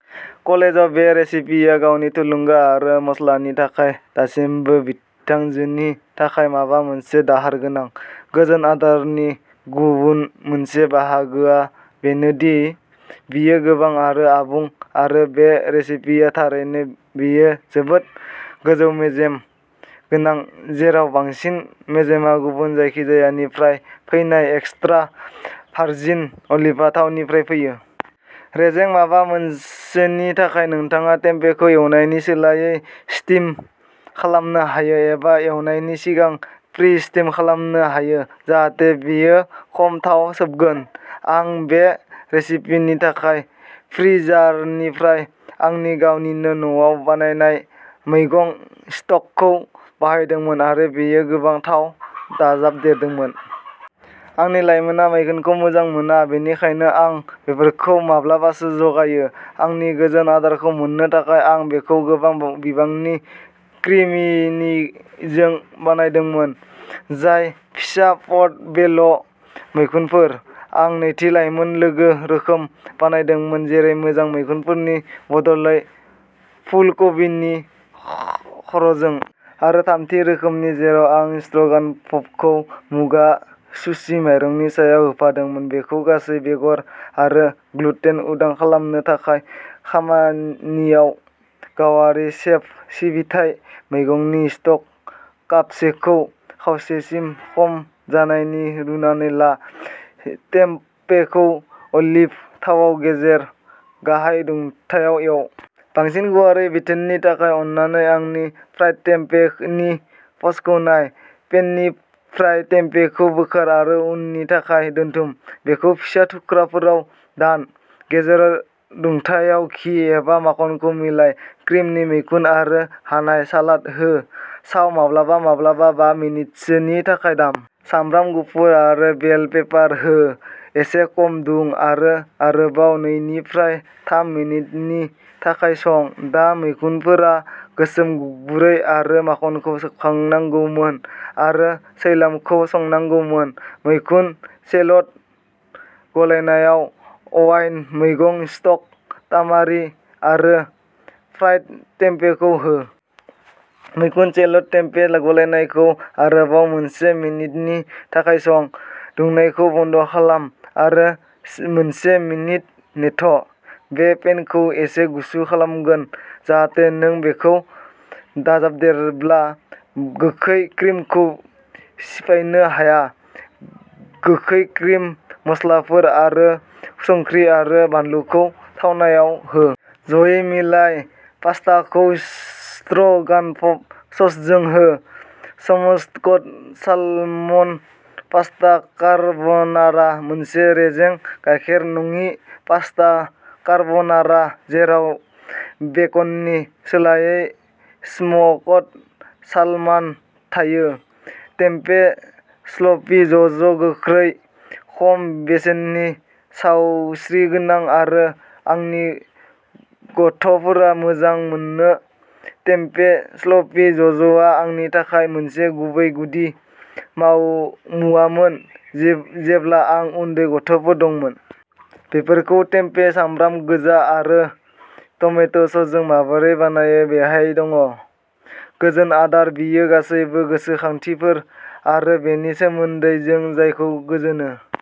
कलेजआव बे रेसिपिया गावनि थुलुंगा आरो मस्लानि थाखाय दासिमबो बिथांजोनि थाखाय माबा मोनसे दाहार गोनां। गोजोन आदारनि गुबुन मोनसे बाहागोआ बेनो दि बेयो गोबां आरो आबुं, आरो बे रेसिपिया थारैनो बेयो जोबोद गोजौ-मेजेम गोनां, जेराव बांसिन मेजेमआ गुबुन जायखिजायानिफ्राय फैनाय एक्स्ट्रा भार्जिन अलिभ थावनिफ्राय फैयो। रेजें माबा मोनसेनि थाखाय नोंथाङा टेम्पेखौ एवनायनि सोलायै स्टिम खालामनो हायो, एबा एवनायनि सिगां प्रि-स्टिम खालामनो हायो जाहाथे बेयो खम थाव सोबगोन। आं बे रेसिपिनि थाखाय फ्रिजारनिफ्राय आंनि गावनिनो न'आव बानायनाय मैगं स्टकखौ बाहायदोंमोन आरो बेयो गोबां थाव दाजाबदेरदोंमोन। आंनि लाइमोनआ मैखुनखौ मोजां मोना, बेनिखायनो आं बेफोरखौ माब्लाबासो जगायो। आंनि गोजोन आदारखौ मोननो थाखाय, आं बेखौ गोबां बिबांनि क्रिमिनिजों बानायदोंमोन, जाय फिसा पर्ट' बेल' मैखुनफोर। आं नैथि, लाइमोन-लोगो रोखोम बानायदोंमोन, जेरै मोजां, मैखुनफोरनि बदलै फुलकबिनि खर'जों। आरो थामथि रोखोम जेराव आं स्ट्र'गान'फखौ मुगा सुशि माइरंनि सायाव होफादोंमोन, बेखौ गासै-बेगर आरो ग्लुटेन-उदां खालामनो थाखाय। खामानियाव गावारि सेफ सिबिथाइ मैगंनि स्टक कापसेखौ खावसेसिम खम जानायनि रुनानै ला। टेम्पेखौ अलिभ थावाव गेजेर-गाहाय दुंथायाव एव। बांसिन गुवारै बिथोननि थाखाय अननानै आंनि फ्राइड टेम्पे नि पस्टखौ नाय। पेननिफ्राय टेम्पेखौ बोखार आरो उननि थाखाय दोनथुम। बेखौ फिसा थुख्राफोराव दान। गेजेर दुंथायाव घि एबा माखनखौ गलाइ। क्रिमिनि मैखुन आरो हानाय सालाद हो, साव, माब्लाबा-माब्लाबा, बा मिनिटसोनि थाखाय दाम। सामब्राम गुफुर आरो बेल पेपार हो, एसे खम दुं, आरो आरोबाव नैनिफ्राय थाम मिनिटनि थाखाय सं। दा मैखुनफोरा गोसोम गुरै आरो माखनखौ सोबखांनांगौमोन आरो सैलामखौ संनांगौमोन। मैखुन सेलट गलायनायाव अवाइन, मैगं स्टक, तामारि आरो फ्राइड टेम्पेखौ हो। मैखुन सेलट टेम्पे गलायनायखौ आरोबाव मोनसे मिनिटनि थाखाय सं। दुंनायखौ बन्द खालाम आरो मोनसे मिनिट नेथ', बेयो पेनखौ एसे गुसु खालामगोन जाहाथे नों बेखौ दाजाबदेरब्ला गोखै क्रिमखौ सिफायनो हाया। गोखै क्रिम, मस्लाफोर, आरो संख्रि आरो बानलुखौ थावनायाव हो। जयै मिलाय। पास्ताखौ स्ट्र'गानफ ससजों हो। स्मक्ड सालमन पास्ता कार्ब'नारा मोनसे रेजें, गायखेर-नङि पास्ता कार्ब'नारा जेराव बेकननि सोलायै स्मक्ड सालमन थायो। टेम्पे स्लपि ज'ज गोख्रै, खम बेसेननि, सावस्रिगोनां, आरो आंनि गथ'फोरा मोजां मोनो टेम्पे स्लपि ज'जआ आंनि थाखाय मोनसे गुबै गुदि माव मुवामोन जेब्ला आं उन्दै गथ'फोर दंमोन। बेफोरखौ टेम्पे, सामब्राम गोजा आरो टमेट' ससजों माबोरै बानायो बेहाय दङ। गोजोन आदार बेयो गासैबो गोसोखांथिफोर आरो बेनि सोमोन्दै जों जायखौ गोजोनो।